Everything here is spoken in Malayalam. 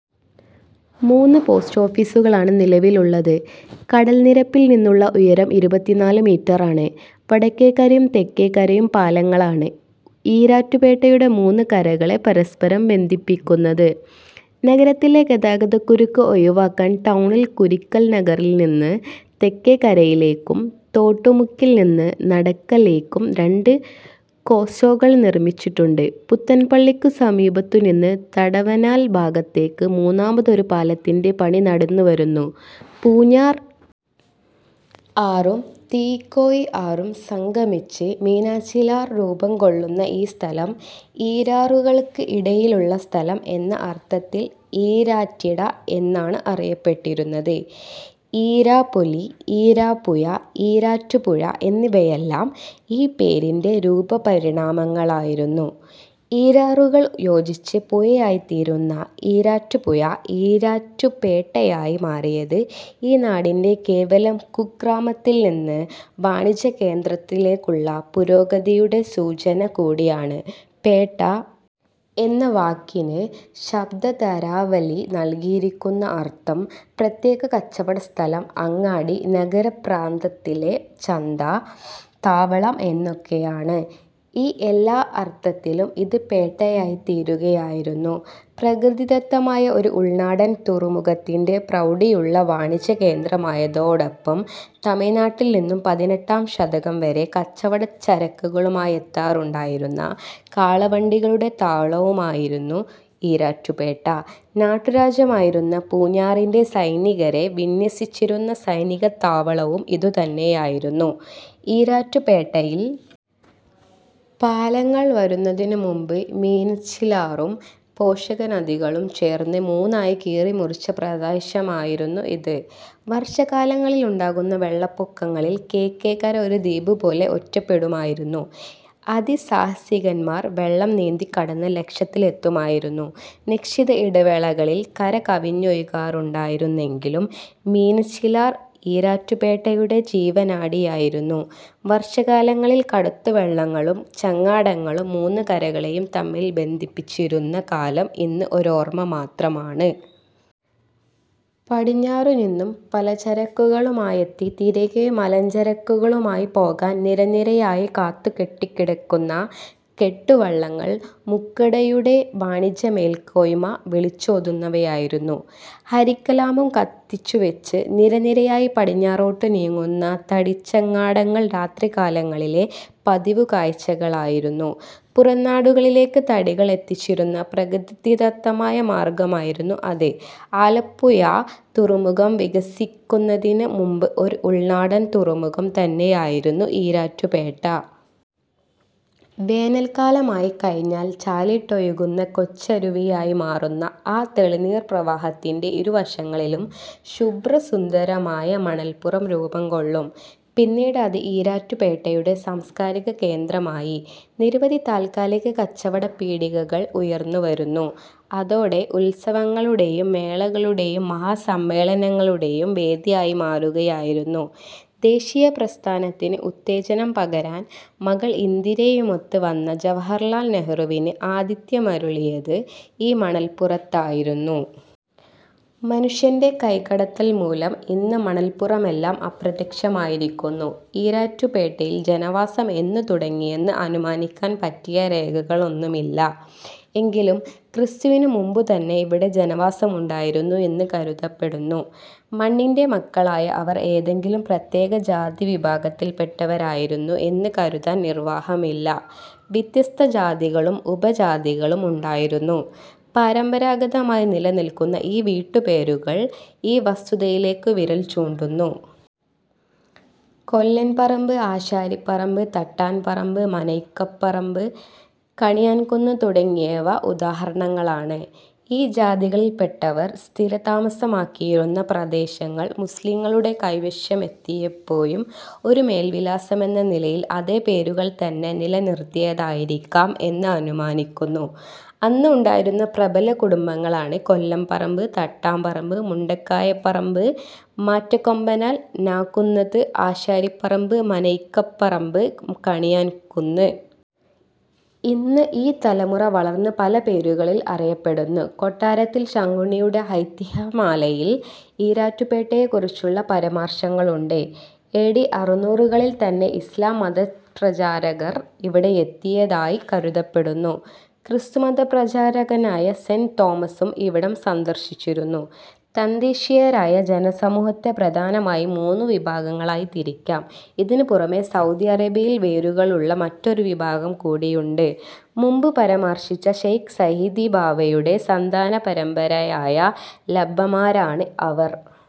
മൂന്ന് പോസ്റ്റ് ഓഫീസുകളാണ് നിലവിലുള്ളത്. കടൽനിരപ്പിൽ നിന്നുള്ള ഉയരം ഇരുപത്തിനാല് മീറ്ററാണ്. വടക്കേക്കരയും തെക്കേക്കരയും പാലങ്ങളാണ് ഈരാറ്റുപേട്ടയുടെ മൂന്ന് കരകളെ പരസ്പരം ബന്ധിപ്പിക്കുന്നത്. നഗരത്തിലെ ഗതാഗതക്കുരുക്ക് ഒഴിവാക്കാൻ ടൗണിൽ കുരിക്കൾനഗറിൽനിന്ന് തെക്കേക്കരയിലേക്കും തോട്ടുമുക്കിൽനിന്ന് നടക്കലേക്കും രണ്ട് കോസ്വേകൾ നിർമിച്ചിട്ടുണ്ട്. പുത്തൻപള്ളിക്കു സമീപത്തുനിന്ന് തടവനാൽ ഭാഗത്തേക്ക് മൂന്നാമതൊരു പാലത്തിൻ്റെ പണി നടന്നുവരുന്നു. പൂഞ്ഞാർ ആറും തീക്കോയി ആറും സംഗമിച്ച് മീനച്ചിലാർ രൂപംകൊള്ളുന്ന ഈ സ്ഥലം ഈരാറുകൾക്ക് ഇടയിലുള്ള സ്ഥലം എന്ന അർഥത്തിൽ ഈരാറ്റിട എന്നാണ് അറിയപ്പെട്ടിരുന്നത്. ഈരാപൊലി. ഈരാപ്പുഴ. ഈരാറ്റുപുഴ എന്നിവയെല്ലാം ഈ പേരിൻ്റെ രൂപപരിണാമങ്ങളായിരുന്നു. ഈരാറുകൾ യോജിച്ച് പുഴയായിത്തീരുന്ന ഈരാറ്റുപുഴ ഈരാറ്റുപേട്ടയായി മാറിയത് ഈ നാടിൻ്റെ കേവലം കുഗ്രാമത്തിൽനിന്ന് വാണിജ്യകേന്ദ്രത്തിലേക്കുള്ള പുരോഗതിയുടെ സൂചന കൂടിയാണ്. പേട്ട എന്ന വാക്കിന് ശബ്ദതാരാവലി നൽകിയിരിക്കുന്ന അർഥം പ്രത്യേക കച്ചവടസ്ഥലം. അങ്ങാടി. നഗരപ്രാന്തത്തിലെ ചന്ത. താവളം എന്നൊക്കെയാണ്. ഈ എല്ലാ അർഥത്തിലും ഇത് പേട്ടയായിത്തീരുകയായിരുന്നു. പ്രകൃതിദത്തമായ ഒരു ഉൾനാടൻ തുറമുഖത്തിൻ്റെ പ്രൗഢിയുള്ള വാണിജ്യകേന്ദ്രമായതോടൊപ്പം തമിഴ്നാട്ടിൽനിന്നും പതിനെട്ടാം ശതകം വരെ കച്ചവടച്ചരക്കുകളുമായെത്താറുണ്ടായിരുന്ന കാളവണ്ടികളുടെ താവളവുമായിരുന്നു ഈരാറ്റുപേട്ട. നാട്ടുരാജ്യമായിരുന്ന പൂഞ്ഞാറിൻ്റെ സൈനികരെ വിന്യസിച്ചിരുന്ന സൈനികത്താവളവും ഇതുതന്നെയായിരുന്നു. ഈരാറ്റുപേട്ടയിൽ പാലങ്ങൾ വരുന്നതിന് മുമ്പ് മീനച്ചിലാറും പോഷകനദികളും ചേർന്ന് മൂന്നായി കീറിമുറിച്ച പ്രദേശമായിരുന്നു ഇത്. വർഷകാലങ്ങളിലുണ്ടാകുന്ന വെള്ളപ്പൊക്കങ്ങളിൽ കിഴക്കേക്കര ഒരു ദ്വീപുപോലെ ഒറ്റപ്പെടുമായിരുന്നു. അതിസാഹസികന്മാർ വെള്ളം നീന്തിക്കടന്ന് ലക്ഷ്യത്തിലെത്തുമായിരുന്നു. നിശ്ചിത ഇടവേളകളിൽ കരകവിഞ്ഞൊഴുകാറുണ്ടായിരുന്നെങ്കിലും മീനച്ചിലാർ ഈരാറ്റുപേട്ടയുടെ ജീവനാഡിയായിരുന്നു. വർഷകാലങ്ങളിൽ കടത്തുവള്ളങ്ങളും ചങ്ങാടങ്ങളും മൂന്ന് കരകളെയും തമ്മിൽ ബന്ധിപ്പിച്ചിരുന്ന കാലം ഇന്ന് ഒരോർമ മാത്രമാണ്. പടിഞ്ഞാറുനിന്നും പലചരക്കുകളുമായെത്തി തിരികെ മലഞ്ചരക്കുകളുമായി പോകാൻ നിരനിരയായി കാത്തുകെട്ടിക്കിടക്കുന്ന കെട്ടുവള്ളങ്ങൾ മുക്കടയുടെ വാണിജ്യമേൽക്കോയ്മ വിളിച്ചോതുന്നവയായിരുന്നു. ഹരിക്കലാമ്പും കത്തിച്ചുവെച്ച് നിരനിരയായി പടിഞ്ഞാറോട്ട് നീങ്ങുന്ന തടിച്ചങ്ങാടങ്ങൾ രാത്രികാലങ്ങളിലെ പതിവുകാഴ്ചകളായിരുന്നു. പുറംനാടുകളിലേക്ക് തടികൾ എത്തിച്ചിരുന്ന പ്രകൃതിദത്തമായ മാർഗമായിരുന്നു അത്. ആലപ്പുഴ തുറമുഖം വികസിക്കുന്നതിന് മുമ്പ് ഒരു ഉൾനാടൻ തുറമുഖം തന്നെയായിരുന്നു ഈരാറ്റുപേട്ട. വേനൽക്കാലമായിക്കഴിഞ്ഞാൽ ചാലിട്ടൊഴുകുന്ന കൊച്ചരുവിയായി മാറുന്ന ആ തെളിനീർപ്രവാഹത്തിൻ്റെ ഇരുവശങ്ങളിലും ശുഭ്രസുന്ദരമായ മണൽപ്പുറം രൂപംകൊള്ളും. പിന്നീട് അത് ഈരാറ്റുപേട്ടയുടെ സാംസ്കാരികകേന്ദ്രമായി. നിരവധി താൽക്കാലിക കച്ചവടപ്പീടികകൾ ഉയർന്നുവരുന്നു. അതോടെ ഉത്സവങ്ങളുടെയും മേളകളുടെയും മഹാസമ്മേളനങ്ങളുടെയും വേദിയായി മാറുകയായിരുന്നു. ദേശീയപ്രസ്ഥാനത്തിന് ഉത്തേജനം പകരാൻ മകൾ ഇന്ദിരയുമൊത്ത് വന്ന ജവഹർലാൽ നെഹ്റുവിന് ആതിഥ്യമരുളിയത് ഈ മണൽപ്പുറത്തായിരുന്നു. മനുഷ്യൻ്റെ കൈകടത്തൽമൂലം ഇന്ന് മണൽപ്പുറമെല്ലാം അപ്രത്യക്ഷമായിരിക്കുന്നു. ഈരാറ്റുപേട്ടയിൽ ജനവാസം എന്നു തുടങ്ങിയെന്ന് അനുമാനിക്കാൻ പറ്റിയ രേഖകളൊന്നുമില്ല. എങ്കിലും ക്രിസ്തുവിനുമുമ്പുതന്നെ ഇവിടെ ജനവാസമുണ്ടായിരുന്നു എന്ന് കരുതപ്പെടുന്നു. മണ്ണിൻ്റെ മക്കളായ അവർ ഏതെങ്കിലും പ്രത്യേക ജാതിവിഭാഗത്തിൽപ്പെട്ടവരായിരുന്നു എന്ന് കരുതാൻ നിർവാഹമില്ല. വ്യത്യസ്ത ജാതികളും ഉപജാതികളും ഉണ്ടായിരുന്നു. പരമ്പരാഗതമായി നിലനിൽക്കുന്ന ചില വീട്ടുപേരുകൾ ഈ വസ്തുതയിലേക്ക് വിരൽചൂണ്ടുന്നു. കൊല്ലൻപറമ്പ്. ആശാരിപറമ്പ്. തട്ടാൻപറമ്പ്. മനയ്ക്കപ്പറമ്പ്. കണിയാൻകുന്ന് തുടങ്ങിയവ ഉദാഹരണങ്ങളാണ്.ഈ ജാതികളിൽപ്പെട്ടവർ സ്ഥിരതാമസമാക്കിയിരുന്ന പ്രദേശങ്ങൾ മുസ്ലിംകളുടെ കൈവശമെത്തിയപ്പോഴും ഒരു മേൽവിലാസമെന്ന നിലയിൽ അതേ പേരുകൾ തന്നെ നിലനിർത്തിയതായിരിക്കാം എന്ന് അനുമാനിക്കുന്നു. അന്ന് ഉണ്ടായിരുന്ന പ്രബല കുടുംബങ്ങളാണ് കൊല്ലംപറമ്പ്. തട്ടാംപറമ്പ്. മുണ്ടക്കായപ്പറമ്പ്. മാറ്റകൊമ്പനാൽ. നാകുന്നത്. ആശാരിപറമ്പ്. മനയ്ക്കപ്പറമ്പ്. കണിയാൻകുന്ന്. ഇന്ന് ഈ തലമുറ വളർന്ന് പല പേരുകളിൽ അറിയപ്പെടുന്നു. കൊട്ടാരത്തിൽ ശങ്കുണ്ണിയുടെ ഐതിഹ്യമാലയിൽ ഈരാറ്റുപേട്ടയെക്കുറിച്ചുള്ള പരാമർശങ്ങളുണ്ട്. എ ഡി അറുനൂറുകളിൽ തന്നെ ഇസ്ലാം മതപ്രചാരകർ ഇവിടെയെത്തിയതായി കരുതപ്പെടുന്നു. ക്രിസ്തുമതപ്രചാരകനായ സെന്റ് തോമസും ഇവിടം സന്ദർശിച്ചിരുന്നു. തദ്ദേശീയരായ ജനസമൂഹത്തെ പ്രധാനമായും മൂന്ന് വിഭാഗങ്ങളായി തിരിക്കാം. ഇതിനു പുറമേ സൗദി അറേബ്യയിൽ വേരുകളുള്ള മറ്റൊരു വിഭാഗം കൂടിയുണ്ട്. മുമ്പ് പരാമർശിച്ച ശൈഖ് സഈദ് ബാവയുടെ സന്താനപരമ്പരയായ ലബ്ബമാരാണ് അവർ.